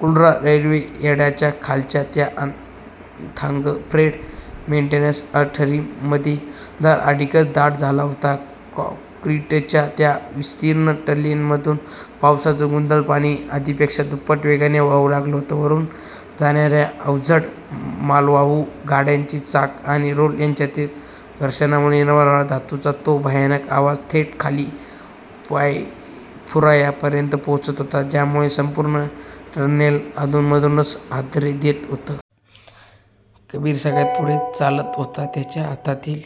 Kurla railway यार्डाच्या खालच्या त्या अथांग 'फ्रेट मेंटेनन्स आर्टरी' मध्ये अंधार अधिकच दाट झाला होता. काँक्रीटच्या त्या विस्तीर्ण टनेलधून पावसाचं गढूळ पाणी आधीपेक्षा दुप्पट वेगाने वाहू लागलं होतं. वरून जाणाऱ्या अवजड मालवाहू गाड्यांचे चाक आणि रूळ यांच्यातील घर्षणामुळे निर्माण होणारा धातूचा तो भयानक आवाज थेट खाली भुयारापर्यंत पोहोचत होता, ज्यामुळे संपूर्ण टनेल अधूनमधून हादरे देत होता. कबीर सगळ्यात पुढे चालत होता. त्याच्या हातातील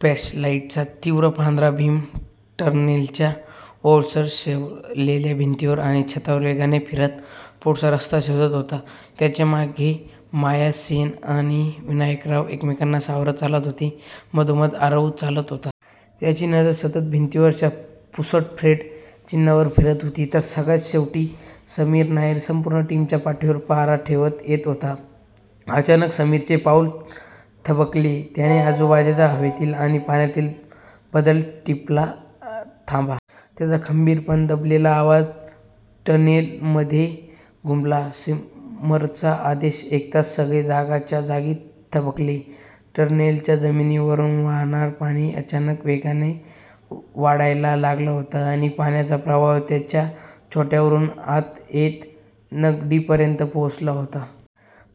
फ्लॅशलाईटचा तीव्र पांढरा बीम टनेलच्या ओलसर, शेवाळलेल्या भिंतींवर आणि छतावर वेगाने फिरत पुढचा रस्ता शोधत होता. त्याच्या मागे माया सेन आणि विनायकराव एकमेकांना सावरत चालत होते, मधोमध आरव चालत होता. त्याची नजर सतत भिंतींवरच्या पुसट फ्रेट चिन्हांवर फिरत होती, तर सगळ्यात शेवटी समीर नायर संपूर्ण टीमच्या पाठीवर पहारा ठेवत येत होता. अचानक समीरचे पाऊल थबकले. त्याने आजूबाजूच्या हवेतील आणि पाण्यातील बदल टिपला. "थांबा." त्याचा खंबीर पण दबलेला आवाज टनेलमध्ये घुमला. समीरचा आदेश ऐकताच सगळे जागच्या जागी थबकले. टनेलच्या जमिनीवरून वाहणारं पाणी अचानक वेगाने वाढायला लागलं होतं आणि पाण्याचा प्रवाह त्यांच्या घोट्यावरून आता थेट नडगीपर्यंत पोहोचला होता.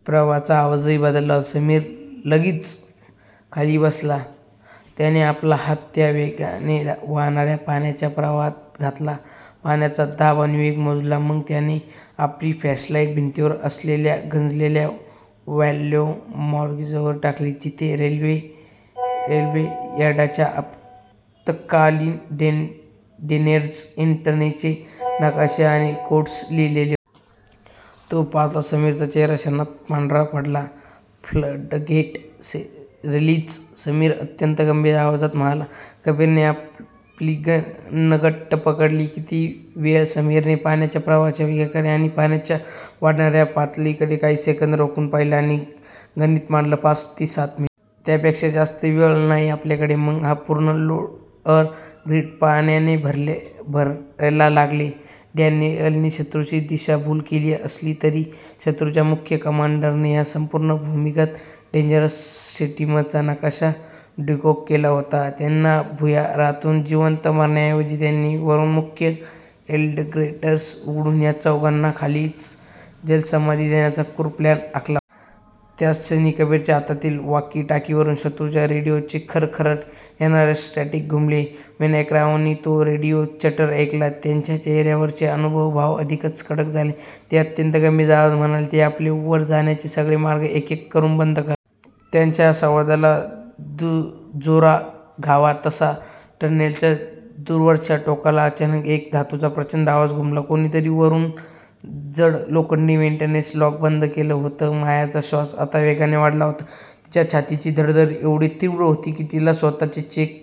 प्रवाहाचा आवाजही बदलला होता. समीर लागलीच खाली बसला. त्याने आपला हात त्या वेगाने वाहणाऱ्या पाण्याच्या प्रवाहात घातला, पाण्याचा दाब आणि वेग मोजला. मग त्याने आपली फ्लॅशलाईट भिंतीवर असलेल्या गंजलेल्या व्हाल्व्ह मार्किंग्जवर टाकली. तिथे रेल्वे यार्डाच्या आपत्कालीन ड्रेनेज यंत्रणेचे नकाशे आणि कोड्स लिहिलेले होते. ते पाहताच समीरचा चेहरा क्षणात पांढरा पडला. "फ्लडगेट रिलीज" समीर अत्यंत गंभीर आवाजात म्हणाला. कबीरने आपली गन घट्ट पकडली, "किती वेळ? " समीरने पाण्याच्या प्रवाहाच्या वेगाकडे आणि पाण्याच्या वाढणाऱ्या पातळीकडे काही सेकंद रोखून पाहिलं आणि गणित मांडलं, "पाच ते सात मिनिटं. त्यापेक्षा जास्त वेळ नाही आपल्याकडे. " मग हा पूर्ण लोअर ग्रीड पाण्याने भरायला लागेल. डॅनियलने शत्रूची दिशाभूल केली असली, तरी शत्रूच्या मुख्य कमांडरने या संपूर्ण भूमिगत ड्रेनेज सिस्टीमचा नकाशा डिकोड केला होता. त्यांना भुयारातून जिवंत मारण्याऐवजी, त्यांनी वरून मुख्य फ्लडगेट्स उघडून या चौघांना खालीच जलसमाधी देण्याचा क्रूर प्लॅन आखला होता. त्याच क्षणी, कबीरच्या हातातील वॉकी-टॉकीवरून शत्रूच्या रेडिओचे खरखरत येणारे स्टॅटिक घुमले: विनायकरावांनी तो रेडिओ चॅटर ऐकला. त्यांच्या चेहऱ्यावरचे अनुभवी भाव अधिकच कडक झाले. ते अत्यंत गंभीर आवाजात म्हणाले, "ते आपले वर जाण्याचे सगळे मार्ग एक-एक करून बंद करतायत. " त्यांच्या या संवादाला दुजोरा द्यावा तसा, टनेलच्या दूरवरच्या टोकाला अचानक एक धातूचा प्रचंड आवाज घुमला. कोणीतरी वरून जड लोखंडी मेंटेनन्स लॉक बंद केलं होतं. मायाचा श्वास आता वेगाने वाढला होता. तिच्या छातीची धडधड एवढी तीव्र होती की तिला स्वतःचेच ठोके